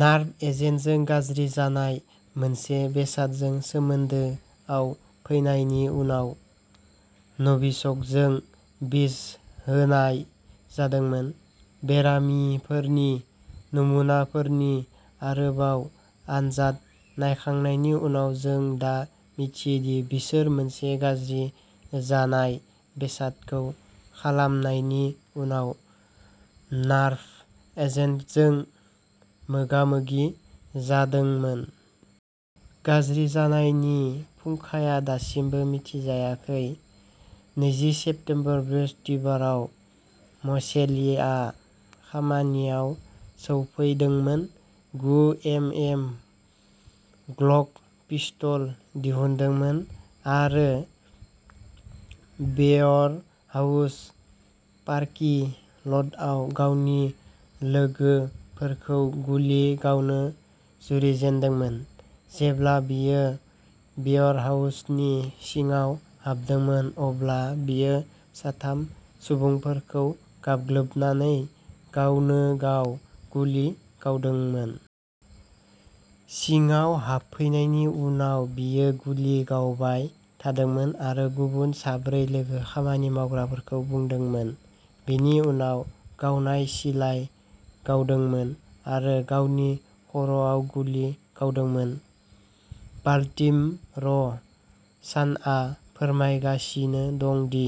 Nerve एजेन्टजों गाज्रि जानाय मोनसे बेसादजों सोमोन्दोआव फैनायनि उनाव न'भिचक'जों बिस होनाय जादोंमोन। "बेरामिफोरनि नमुनाफोरनि आरोबाव आनजाद नायखांनायनि उनाव, जों दा मिथियो दि बिसोर मोनसे गाज्रि जानाय बेसादखौ खालामनायनि उनाव नार्भ एजेन्टजों मोगामोगि जादोंमोन।" गाज्रि जानायनि फुंखाया दासिमबो मिथिजायाखै। नैजि सेप्तेम्बर बृहस्तिबाराव मसेलिआ खामानियाव सौफैदोंमोन, गु एमएम ग्लक पिस्टल दिहुनदोंमोन आरो वेयरहाउस पार्कि ल'टआव गावनि लोगोफोरखौ गुलि गावनो जुरिजेनदोंमोन। जेब्ला बियो वेयरहाउसनि सिङाव हाबदोंमोन अब्ला बियो साथाम सुबुंफोरखौ गाग्लोबनानै गावनोगाव गुलि गावदोंमोन। सिङाव हाबफैनायनि उनाव बियो गुलि गावबाय थादोंमोन आरो गुबुन साब्रै लोगो खामानि मावग्राफोरखौ बुदोंमोन, बिनि उनाव गावनाव सिलाइ गावदोंमोन आरो गावनि खर'आव गुलि गावदोंमोन। बाल्टिमर' सानआ फोरमायगासिनो दं दि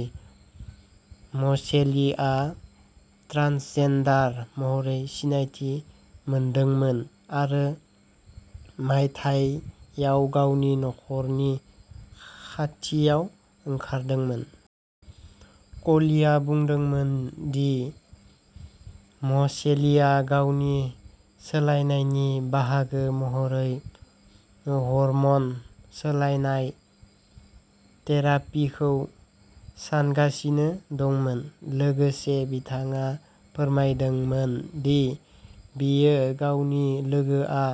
मसेलिआ ट्रान्सजेन्डार महरै सिनायथि मोनदोंमोन आरो मायथाइयाव गावनि नखरनि खाथियाव ओंखारदोंमोन। क'लिआ बुंदोंमोन दि मसेलिआ गावनि सोलायनायनि बाहागो महरै हर्मन सोलायनाय थेरापिखौ सानगासिनो दंमोन। लोगोसे, बिथाङा फोरमायदोंमोन दि बियो गावनि लोगोआ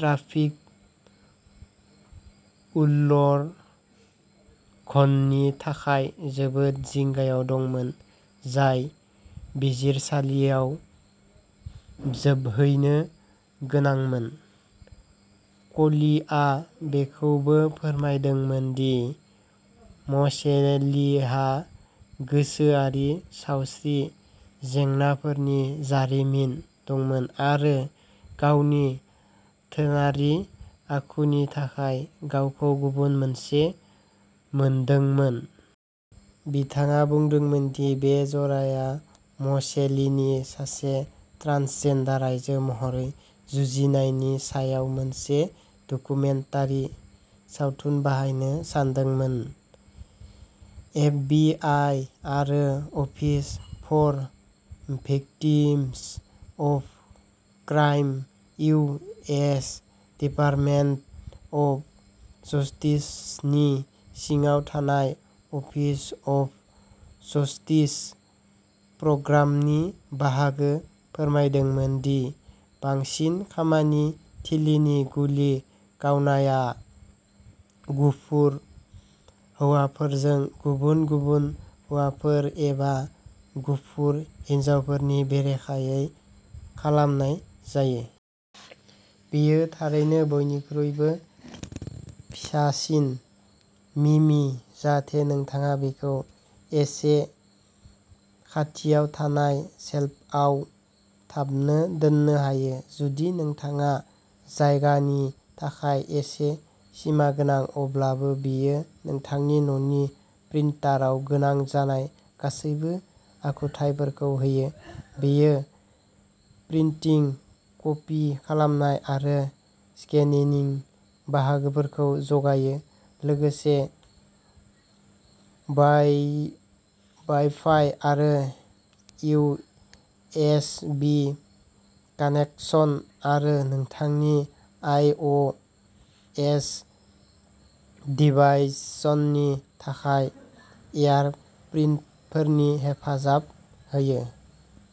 ट्राफिक उल्लघननि थाखाय जोबोद जिंगायाव दंमोन, जाय बिजिरसालियाव जोबहैनो गोनांमोन। क'लिआ बेखौबो फोरमायदोंमोन दि म'सेलीहा गोसोआरि सावस्रि जेंनाफोरनि जारिमिन दंमोन आरो गावनि थोनारि आखुनि थाखाय गावखौ गुबुन मोनसे मोनदोंमोन। बिथाङा बुंदोंमोन दि बे जराया म'सेलीनि सासे ट्रान्सजेन्डार आइजो महरै जुजिनायनि सायाव मोनसे डकुमेन्टारि सावथुन बाहायनो सानदोंमोन। एफ बि आइ आरो office for victims of crime U S department of जस्टिसनि सिङाव थानाय अफिस अफ जस्टिस प्रग्रामनि बाहागो फोरमायदोंमोन दि बांसिन खामानि थिलिनि गुलि गावनाया गुफुर हौवाफोरजों गुबुन गुबुन हौवाफोर एबा गुफुर हिनजावफोरनि बेरेखायै खालामनाय जायो। बियो थारैनो बयनिख्रुइबो फिसासिन। मिमि, जाहाथे नोंथाङा बेखौ एसे खाथियाव थानाय सेल्फआव थाबनो दोननो हायो, जुदि नोंथाङा जायगानि थाखाय एसे सिमागोनां अब्लाबो, बेयो नोंथांनि न'नि प्रिन्टाराव गोनां जानाय गासैबो आखुथायफोरखौ होयो। बेयो प्रिन्टिं, कपि खालामनाय आरो स्केनेनिं बाहागोफोरखौ जगायो, लोगोसे वाइ वाइफाइ आरो इउ एस बि कानेकसन आरो नोंथांनि आइ अ एस डिभाइस'ननि थाखाय एयारप्रिन्टनि हेफाजाब होयो।